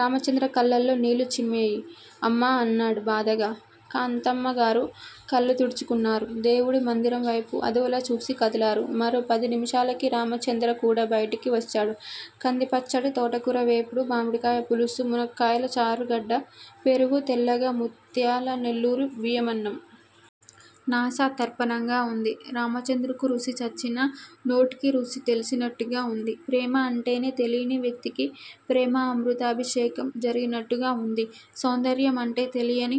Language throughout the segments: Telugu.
రామచంద్ర కళ్ళలో నీళ్ళు చిమ్మేయి. అమ్మా అన్నాడు బాధగా. కాంతమ్మగారూ కళ్ళు తుడుచుకున్నారు. దేవుడి మందిరం వైపు అదోలా చూసి కదిలారు. మరో పది నిమిషాలకి రామచంద్ర కూడా బయటికి వొచ్చాడు. కందిపచ్చడి, తోటకూర వేపుడు మామిడికాయ పులుసు మునక్కాయల చారు గడ్డ పెరుగు-తెల్లగా ముత్యాల్లా నెల్లూరు బియ్యమన్నం. నాసా తర్పణంగా వుంది. రామచంద్రకు రుచి చచ్చిన నోటికి రుచి తెలిసినట్టుగా వుంది. ప్రేమ అంటే తెలీని వ్యక్తికీ ప్రేమమృతాభిషేకం జరిగినట్టుగా వుంది సౌందర్యం అంటే తెలియని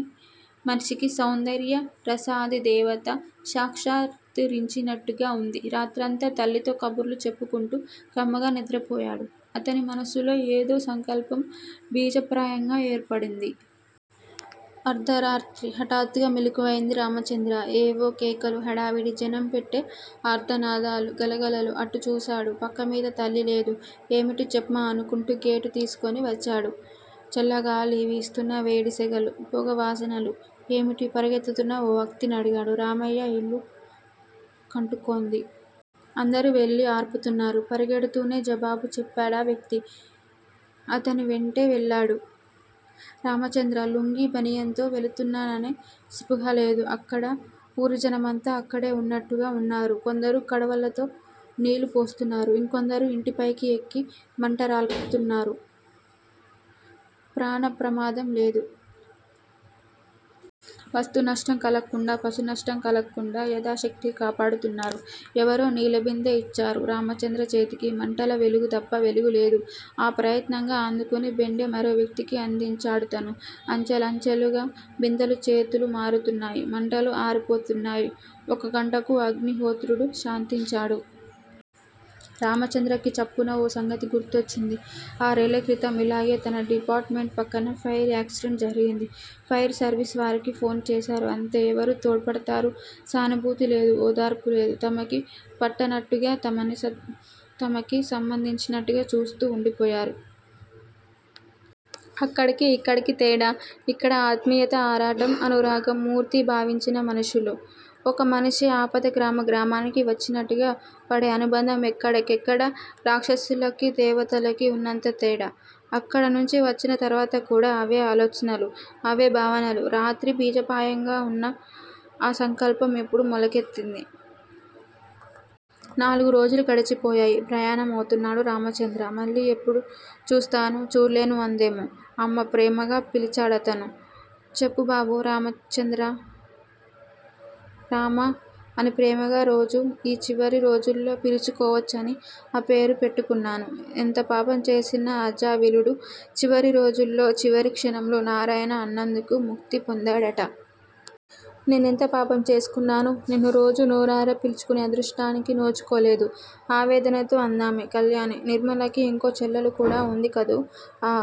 మనిషికి సౌందర్య రసాదిదేవత సాక్షత్కారించినట్టుగా వుంది. రాత్రంతా తల్లితో కబుర్లు చెప్పుకుంటూ కమ్మగా నిద్రపోయాడు. అతని మనస్సులో ఏదో సంకల్పం బీజప్రాయంగా ఏర్పడింది. అర్ధరాత్రి! హటాత్తుగా మెళుకువవైంది రామచంద్ర. ఏవో కేకలు! హడావుడి! జనం పెట్టె ఆర్తనాదాలు! గలగలలు. అటూ చూశాడు పక్క మీద తల్లిలేదు. ఏమిటి చెప్మా అనుకుంటూ గేటు తీసుకుని వచ్చాడు చల్లగాలి విస్తున్నా వేడి సెగలు -పొగవాసనలు. ఏమిటి? పరుగెత్తుతున్న ఓ వ్యక్తిని అడిగాడు. రామయ్య ఇల్లు అంటుకోంది. అందరూ వెళ్ళి అర్పుతున్నారు. పరిగెడుతూనే జవాబు చెప్పాడా వ్యక్తి. అతని వెంటే వెళ్ళాడు రామచంద్ర. లుంగీ, బనియన్ తో వెళుతున్నాననే స్పృహ లేదు. అక్కడా ఉరిజనమంతా అక్కడే ఉన్నట్టుగా వున్నారు. కొందరు కడవలతో నీళ్ళు పోస్తున్నారు. ఇంకొందరు ఇంటిపైకి ఎక్కి మంటలార్పుటున్నారు. ప్రాణ ప్రమాదం లేదు. వస్తు నష్టం కలక్కుండా పశు నష్టం కలక్కుండా యదాశక్తిగా కాపాడుతున్నారు. ఎవరో నిళ్ళ బిందె ఇచ్చారు. రామచంద్ర చేతికి! మంటల వెలుగు తప్ప వెలుగులేదు. ఆ ప్రయత్నంగా అందుకుని బెండె మరోవ్యక్తికి అందించాడతను. అంచెలంచెలుగా బిందెలు చేతులు మారుతున్నాయి. మంటలు అరిపోతున్నాయి. ఒక గంటకు అగ్ని హొత్రుడు శాంతించాడు. రామచంద్రకి చప్పున ఓ సంగతి గుర్తొచ్చింది. ఆర్నెల్ల క్రితం ఇలాగే తన డిపార్ట్ మెంట్ ప్రక్కన ఫైర్ యాక్సిడెంట్ జరిగింది. ఫైర్ సర్విస్ వారికి ఫోన్ చేశారు. అంతే! ఎవరు తోడ్పడతారు? సానుభూతి లేదు. ఓదార్పు లేదు. తమకి పట్టనట్టుగా తమకి సంబంధించనట్టుగా చూస్తూ ఉండిపోయారు. అక్కడికి యిక్కడికి తేడా? ఇక్కడ ఆత్మీయత ఆరాటం, అనురాగం మూర్తిభావించిన మనుషులు, ఒక మనిషి ఆపద గ్రామ గ్రామానికి వచ్చినట్టుగా పడే అనుబంధం ఎక్కడి కెక్కడ రాక్షసులకి దేవతలకి ఉన్నంత తేడా. అక్కడ నుంచి వచ్చిన తర్వాత కూడా అవే ఆలోచనలు! అవే భావనలు రాత్రి బీజప్రాయంగా వున్న ఆ సంకల్పం యిప్పుడు మొలకెత్తింది. నాలుగు రోజులు గడిచిపోయాయి. ప్రయాణమవుతున్నాడు రామచంద్ర. మళ్ళీ ఎప్పుడు చూస్తాను- చూళ్ళేను అందామె. అమ్మా! ప్రేమగా పిలిచాడతను. చెప్పుబాబూ! రామచండ్రా! 'రామా' అని ప్రేమగా రోజు యీ చివరి రోజుల్లో పిలుచుకొవచ్చని ఆ పేరు పెట్టుకున్నాను. ఎంత పాపం చేసినా ఆజామిళుడు చివరి రోజుల్లో చివరి క్షణంలో నారాయణ అన్నందుకు ముక్తి పొందాడట! నేనెంత పాపం చేసుకున్నాను. నిన్ను రోజు నోరారా పిలుచుకునే అదృష్టానికి నోచుకోలేదు ఆవేదనతో అందామె. కళ్యాణీ! నిర్మలకి ఇంకో చెల్లెలు కూడా వుందికదూ? ఆ!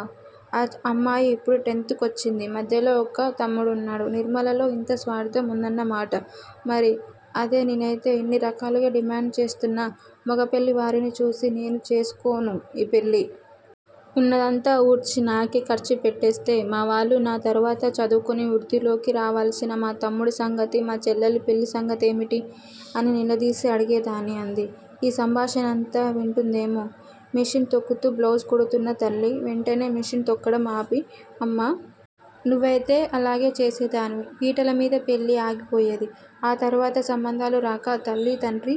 ఆ అమ్మాయి ఇప్పుడు టెన్త్ కొచ్చింది. మధ్యలో ఒక తమ్ముడున్నాడు. నిర్మలలో ఇంత స్వార్ధం వుందన్నమాట! మరి? అదే నేనైతే ఇన్ని రకాలుగా డిమాండు చేస్తున్న మగపెళ్ళివారిని చూసి 'నేను చేసుకోను' ఈ పెళ్ళి. ఉన్నదంతా ఊడ్చి నాకే ఖర్చు పెట్టేస్తే మావాళ్ళు నా తరువాత, చదువుకుని వృద్ధిలోకి రావలసిన మా తమ్ముడి సంగతి, మా చెల్లెలి పెళ్ళి సంగతేమిటి? అని నిలదీసి అడిగేదాన్ని. అంది. ఈ సంభాషణంతా వింటోందేమో, మెషీన్ తొక్కుతూ బ్లౌజు కుడుతున్న తల్లి, వెంటనే మెషీన్ తొక్కడం ఆపి, అమ్మా! నువ్వైతే అలాగే చేసేదానివి. పీటలమీద పెళ్ళి ఆగిపోయేది. ఆ తరువాత సంబంధాలు రాక, తల్లీ తండ్రి